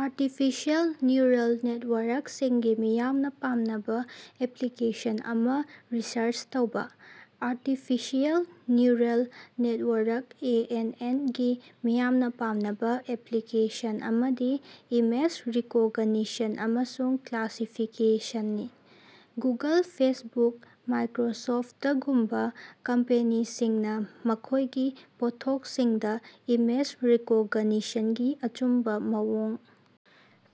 Artificial neural ꯅꯦꯠꯋꯥꯔꯛꯁꯤꯡꯒꯤ ꯃꯤꯌꯥꯝꯅ ꯄꯥꯝꯅꯕ ꯑꯦꯄ꯭ꯂꯤꯀꯦꯁꯟ ꯑꯃꯥ ꯔꯤꯁꯔꯆ ꯇꯧꯕ꯫ Artificial neural network (A. N. ꯑꯦꯟ.)ꯒꯤ ꯃꯤꯌꯥꯝꯅ ꯄꯥꯝꯅꯕ ꯑꯦꯄ꯭ꯂꯤꯀꯦꯁꯟ ꯑꯃꯗꯤ ꯏꯃꯦꯖ ꯔꯤꯀꯣꯒꯅꯤꯁꯟ ꯑꯃꯁꯨꯡ ꯀ꯭ꯂꯥꯁꯤꯐꯤꯀꯦꯁꯟꯅꯤ꯫ ꯒꯨꯒꯜ, ꯐꯦꯁꯕꯨꯛ, ꯃꯥꯏꯀ꯭ꯔꯣꯁꯣꯐꯇꯒꯨꯝꯕ ꯀꯝꯄꯦꯅꯤꯁꯤꯡꯅ ꯃꯈꯣꯏꯒꯤ ꯄꯣꯠꯊꯣꯛꯁꯤꯡꯗ ꯏꯃꯦꯖ ꯔꯤꯀꯣꯒꯅꯤꯁꯟꯒꯤ ꯑꯆꯨꯝꯕꯥ ꯃꯑꯣꯡ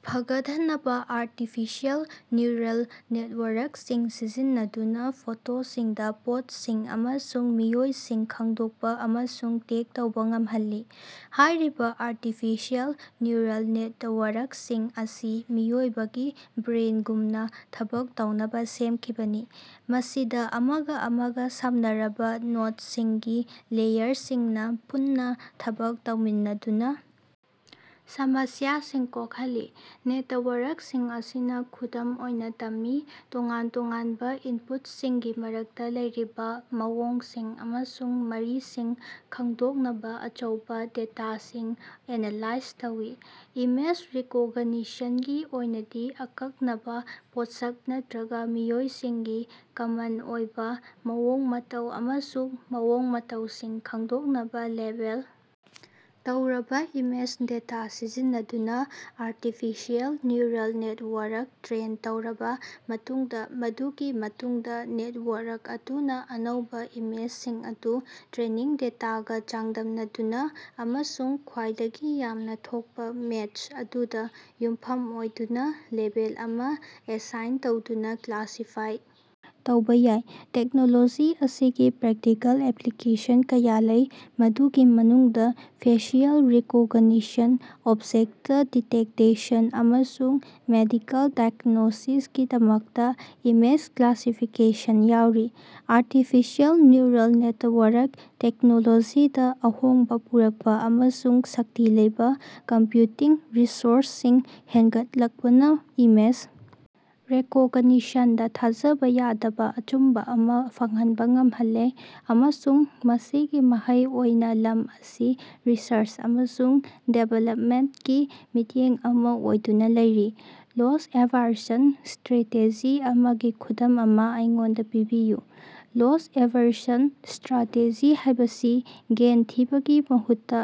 ꯐꯒꯠꯍꯟꯅꯕ ꯑꯥꯔꯇꯤꯐꯤꯁꯤꯑꯦꯜ ꯅ꯭ꯌꯨꯔꯜ ꯅꯦꯠꯋꯥꯔꯛꯁꯤꯡ ꯁꯤꯖꯤꯟꯅꯗꯨꯅ ꯐꯣꯇꯣꯁꯤꯡꯗ ꯄꯣꯠꯁꯤꯡ ꯑꯃꯁꯨꯡ ꯃꯤꯑꯣꯏꯁꯤꯡ ꯈꯪꯗꯣꯛꯄ ꯑꯃꯁꯨꯡ ꯇꯦꯒ ꯇꯧꯕ ꯉꯝꯍꯜꯂꯤ꯫ ꯍꯥꯏꯔꯤꯕ ꯑꯥꯔꯇꯤꯐꯤꯁꯤꯑꯦꯜ ꯅ꯭ꯌꯨꯔꯜ ꯅꯦꯇꯋꯥꯔꯛꯁꯤꯡ ꯑꯁꯤ ꯃꯤꯑꯣꯏꯕꯒꯤ ꯕ꯭ꯔꯦꯟꯒꯨꯝꯅ ꯊꯕꯛ ꯇꯧꯅꯕ ꯁꯦꯝꯈꯤꯕꯅꯤ, ꯃꯁꯤꯗ ꯑꯃꯒ ꯑꯃꯒ ꯁꯝꯅꯔꯕ ꯅꯣꯗꯁꯤꯡꯒꯤ ꯂꯦꯌꯔꯁꯤꯡꯅꯥ ꯄꯨꯟꯅ ꯊꯕꯛ ꯇꯧꯃꯤꯟꯅꯗꯨꯅꯥ ꯁꯃꯁ꯭ꯌꯥꯁꯤꯡ ꯀꯣꯛꯍꯜꯂꯤ꯫ ꯅꯦꯇꯋꯥꯔꯛꯁꯤꯡ ꯑꯁꯤꯅ ꯈꯨꯗꯝ ꯑꯣꯏꯅ ꯇꯝꯃꯤ, ꯇꯣꯉꯥꯟ-ꯇꯣꯉꯥꯟꯕ ꯏꯟꯄꯨꯠꯁꯤꯡꯒꯤ ꯃꯔꯛꯇ ꯂꯩꯔꯤꯕ ꯃꯑꯣꯡꯁꯤꯡ ꯑꯃꯁꯨꯡ ꯃꯔꯤꯁꯤꯡ ꯈꯪꯗꯣꯛꯅꯕ ꯑꯆꯧꯕ ꯗꯦꯇꯥꯁꯤꯡ ꯑꯦꯅꯥꯂꯥꯏꯖ ꯇꯧꯏ꯫ ꯏꯃꯦꯖ ꯔꯤꯀꯣꯒꯅꯤꯁꯟꯒꯤ ꯑꯣꯏꯅꯗꯤ, ꯑꯀꯛꯅꯕ ꯄꯣꯠꯁꯛ ꯅꯠꯇ꯭ꯔꯒ ꯃꯤꯑꯣꯏꯁꯤꯡꯒꯤ ꯀꯃꯟ ꯑꯣꯏꯕ ꯃꯑꯣꯡ-ꯃꯇꯧ ꯑꯃꯁꯨꯡ ꯃꯑꯣꯡ-ꯃꯇꯧꯁꯤꯡ ꯈꯪꯗꯣꯛꯅꯕ ꯂꯦꯕꯦꯜ ꯇꯧꯔꯕ ꯏꯃꯦꯖ ꯗꯦꯇꯥ ꯁꯤꯖꯤꯟꯅꯗꯨꯅ ꯑꯥꯔꯇꯤꯐꯤꯁꯤꯑꯦꯜ ꯅ꯭ꯋꯨꯔꯜ ꯅꯦꯠꯋꯥꯔꯛ ꯇ꯭ꯔꯦꯟ ꯇꯧꯔꯕ ꯃꯇꯨꯡꯗ, ꯃꯗꯨꯒꯤ ꯃꯇꯨꯡꯗ ꯅꯦꯠꯋꯥꯔꯛ ꯑꯗꯨꯅ ꯑꯅꯧꯕ ꯏꯃꯦꯖꯁꯤꯡ ꯑꯗꯨ ꯇ꯭ꯔꯦꯅꯤꯡ ꯗꯦꯇꯥꯒ ꯆꯥꯡꯗꯝꯅꯗꯨꯅ ꯑꯃꯁꯨꯡ ꯈ꯭ꯋꯥꯏꯗꯒꯤ ꯌꯥꯝꯅ ꯊꯣꯛꯄ ꯃꯦꯆ ꯑꯗꯨꯗ ꯌꯨꯝꯐꯝ ꯑꯣꯏꯗꯨꯅ ꯂꯦꯕꯦꯜ ꯑꯃ ꯑꯦꯁꯥꯏꯟ ꯇꯧꯗꯨꯅ ꯀ꯭ꯂꯥꯁꯤꯐꯥꯏ ꯇꯧꯕ ꯌꯥꯏ꯫ ꯇꯦꯛꯅꯣꯂꯣꯖꯤ ꯑꯁꯤꯒꯤ ꯄ꯭ꯔꯦꯛꯇꯤꯀꯦꯜ ꯑꯦꯄ꯭ꯂꯤꯀꯦꯁꯟ ꯀꯌꯥ ꯂꯩ, ꯃꯗꯨꯒꯤ ꯃꯅꯨꯡꯗ ꯐꯦꯁꯤꯑꯦꯜ ꯔꯤꯀꯣꯒꯅꯤꯁꯟ, ꯑꯣꯕꯖꯦꯛꯇ ꯗꯤꯇꯦꯛꯇꯦꯁꯟ, ꯑꯃꯁꯨꯡ ꯃꯦꯗꯤꯀꯦꯜ ꯗꯥꯏꯒ꯭ꯅꯣꯁꯤꯁꯀꯤꯗꯃꯛꯇꯥ ꯏꯃꯦꯖ ꯀ꯭ꯂꯥꯁꯤꯐꯤꯀꯦꯁꯟ ꯌꯥꯎꯔꯤ꯫ ꯑꯥꯔꯇꯤꯐꯤꯁꯤꯑꯦꯜ ꯅ꯭ꯌꯨꯔꯜ ꯅꯦꯇꯋꯥꯔꯛ ꯇꯦꯛꯅꯣꯂꯣꯖꯤꯗ ꯑꯍꯣꯡꯕ ꯄꯨꯔꯛꯄ ꯑꯃꯁꯨꯡ ꯁꯛꯇꯤ ꯂꯩꯕ ꯀꯝꯄ꯭ꯌꯨꯇꯤꯡ ꯔꯤꯁꯣꯔꯁꯁꯤꯡ ꯍꯦꯟꯒꯠꯂꯛꯄꯅ ꯏꯃꯦꯖ ꯔꯤꯀꯣꯒꯅꯤꯁꯟꯗ ꯊꯥꯖꯕ ꯌꯥꯗꯕ ꯑꯆꯨꯝꯕ ꯑꯃꯥ ꯐꯪꯍꯟꯕ ꯉꯝꯍꯜꯂꯦ, ꯑꯃꯁꯨꯡ ꯃꯁꯤꯒꯤ ꯃꯍꯩ ꯑꯣꯏꯅ ꯂꯝ ꯑꯁꯤ ꯔꯤꯁꯔꯆ ꯑꯃꯁꯨꯡ ꯗꯤꯕꯦꯂꯞꯃꯦꯟꯇꯀꯤ ꯃꯤꯠꯌꯦꯡ ꯑꯃ ꯑꯣꯏꯗꯨꯅ ꯂꯩꯔꯤ꯫ ꯂꯣꯁ-ꯑꯦꯚꯥꯔꯁꯟ ꯁꯇ꯭ꯔꯦꯇꯦꯖꯤ ꯑꯃꯒꯤ ꯈꯨꯗꯝ ꯑꯃ ꯑꯩꯉꯣꯟꯗ ꯄꯤꯕꯤꯌꯨ꯫ ꯂꯣꯁ-ꯑꯦꯚꯔꯁꯟ ꯁ꯭ꯠꯔꯥꯇꯦꯖꯤ ꯍꯥꯏꯕꯁꯤ ꯒꯦꯏꯟ ꯊꯤꯕꯒꯤ ꯃꯍꯨꯠꯇ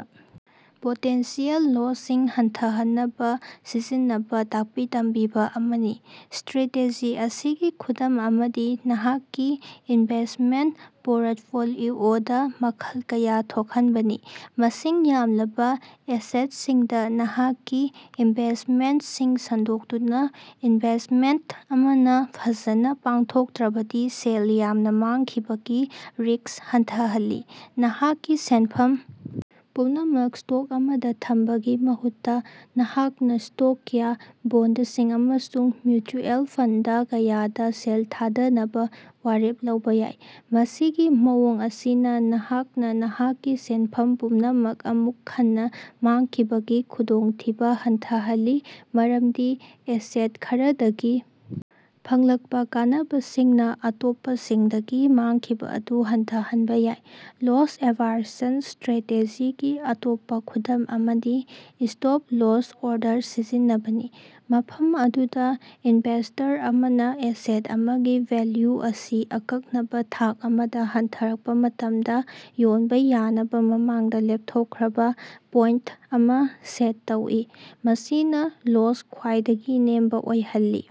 ꯄꯣꯇꯦꯟꯁꯤꯑꯦꯜ ꯂꯣꯁꯁꯤꯡ ꯍꯟꯊꯍꯟꯅꯕ ꯁꯤꯖꯤꯟꯅꯕ ꯇꯥꯛꯄꯤ-ꯇꯝꯕꯤꯕ ꯑꯃꯅꯤ꯫ ꯁ꯭ꯠꯔꯦꯇꯦꯖꯤ ꯑꯁꯤꯒꯤ ꯈꯨꯗꯝ ꯑꯃꯗꯤ ꯅꯍꯥꯛꯀꯤ ꯏꯟꯚꯦꯁ꯭ꯇꯃꯦꯟꯇ ꯄꯣꯔꯠꯐꯣꯂꯤꯑꯣꯗꯥ ꯃꯈꯜ ꯀꯌ ꯊꯣꯛꯍꯟꯕꯅꯤ꯫ ꯃꯁꯤꯡ ꯌꯥꯝꯂꯕ ꯑꯦꯁꯦꯠꯁꯤꯡꯗ ꯅꯍꯥꯛꯀꯤ ꯏꯟꯚꯦꯁ꯭ꯇꯃꯦꯟꯇꯁꯤꯡ ꯁꯟꯗꯣꯛꯇꯨꯅ, ꯏꯟꯚꯦꯁ꯭ꯇꯃꯦꯟꯇ ꯑꯃꯅꯥ ꯐꯖꯅ ꯄꯥꯡꯊꯣꯛꯇ꯭ꯔꯕꯗꯤ ꯁꯦꯜ ꯌꯥꯝꯅ ꯃꯥꯡꯈꯤꯕꯒꯤ ꯔꯤꯛꯁ ꯍꯟꯊꯍꯜꯂꯤ꯫ ꯅꯍꯥꯛꯀꯤ ꯁꯦꯟꯐꯝ ꯄꯨꯝꯅꯃꯛ ꯁ꯭ꯇꯣꯛ ꯑꯃꯗ ꯊꯝꯕꯒꯤ ꯃꯍꯨꯠꯇ, ꯅꯍꯥꯛꯅ ꯁ꯭ꯇꯣꯛ ꯀꯌ, ꯕꯣꯟꯗꯁꯤꯡ ꯑꯃꯁꯨꯡ ꯃ꯭ꯌꯨꯆꯨꯑꯦꯜ ꯐꯟꯗ ꯀꯌꯥꯗ ꯁꯦꯜ ꯊꯥꯗꯅꯕ ꯋꯥꯔꯦꯞ ꯂꯧꯕ ꯌꯥꯏ꯫ ꯃꯁꯤꯒꯤ ꯃꯑꯣꯡ ꯑꯁꯤꯅ ꯅꯍꯥꯛꯅꯥ ꯅꯍꯥꯛꯀꯤ ꯁꯦꯟꯐꯝ ꯄꯨꯝꯅꯃꯛ ꯑꯃꯨꯛ ꯍꯟꯅ ꯃꯥꯡꯈꯤꯕꯒꯤ ꯈꯨꯗꯣꯡꯊꯤꯕ ꯍꯟꯊꯍꯜꯂꯤ ꯃꯔꯝꯗꯤ ꯑꯦꯁꯦꯠ ꯈꯔꯗꯒꯤ ꯐꯪꯂꯛꯄ ꯀꯥꯟꯅꯕꯁꯤꯡꯅ ꯑꯇꯣꯞꯄꯁꯤꯡꯗꯒꯤ ꯃꯥꯡꯈꯤꯕ ꯑꯗꯨ ꯍꯟꯊꯍꯟꯕ ꯌꯥꯏ꯫ ꯂꯣꯁ-ꯑꯦꯚꯥꯔꯁꯟ ꯁ꯭ꯠꯔꯦꯇꯦꯖꯤꯒꯤ ꯑꯇꯣꯞꯄ ꯈꯨꯗꯝ ꯑꯃꯗꯤ ꯏꯁꯇꯣꯞ-ꯂꯣꯁ ꯑꯣꯔꯗꯔ ꯁꯤꯖꯤꯟꯅꯕꯅꯤ, ꯃꯐꯝ ꯑꯗꯨꯗ ꯏꯟꯚꯦꯁꯇꯔ ꯑꯃꯅ ꯑꯦꯁꯦꯠ ꯑꯃꯒꯤ ꯚꯦꯜꯌꯨ ꯑꯁꯤ ꯑꯀꯛꯅꯕ ꯊꯥꯛ ꯑꯃꯗꯥ ꯍꯟꯊꯔꯛꯄ ꯃꯇꯝꯗ ꯌꯣꯟꯕ ꯌꯥꯅꯕ ꯃꯃꯥꯡꯗ ꯂꯦꯞꯊꯣꯛꯈ꯭ꯔꯕ ꯄꯣꯏꯟꯇ ꯑꯃ ꯁꯦꯠ ꯇꯧꯏ, ꯃꯁꯤꯅ ꯂꯣꯁ ꯈ꯭ꯋꯥꯏꯗꯒꯤ ꯅꯦꯝꯕ ꯑꯣꯏꯍꯜꯂꯤ꯫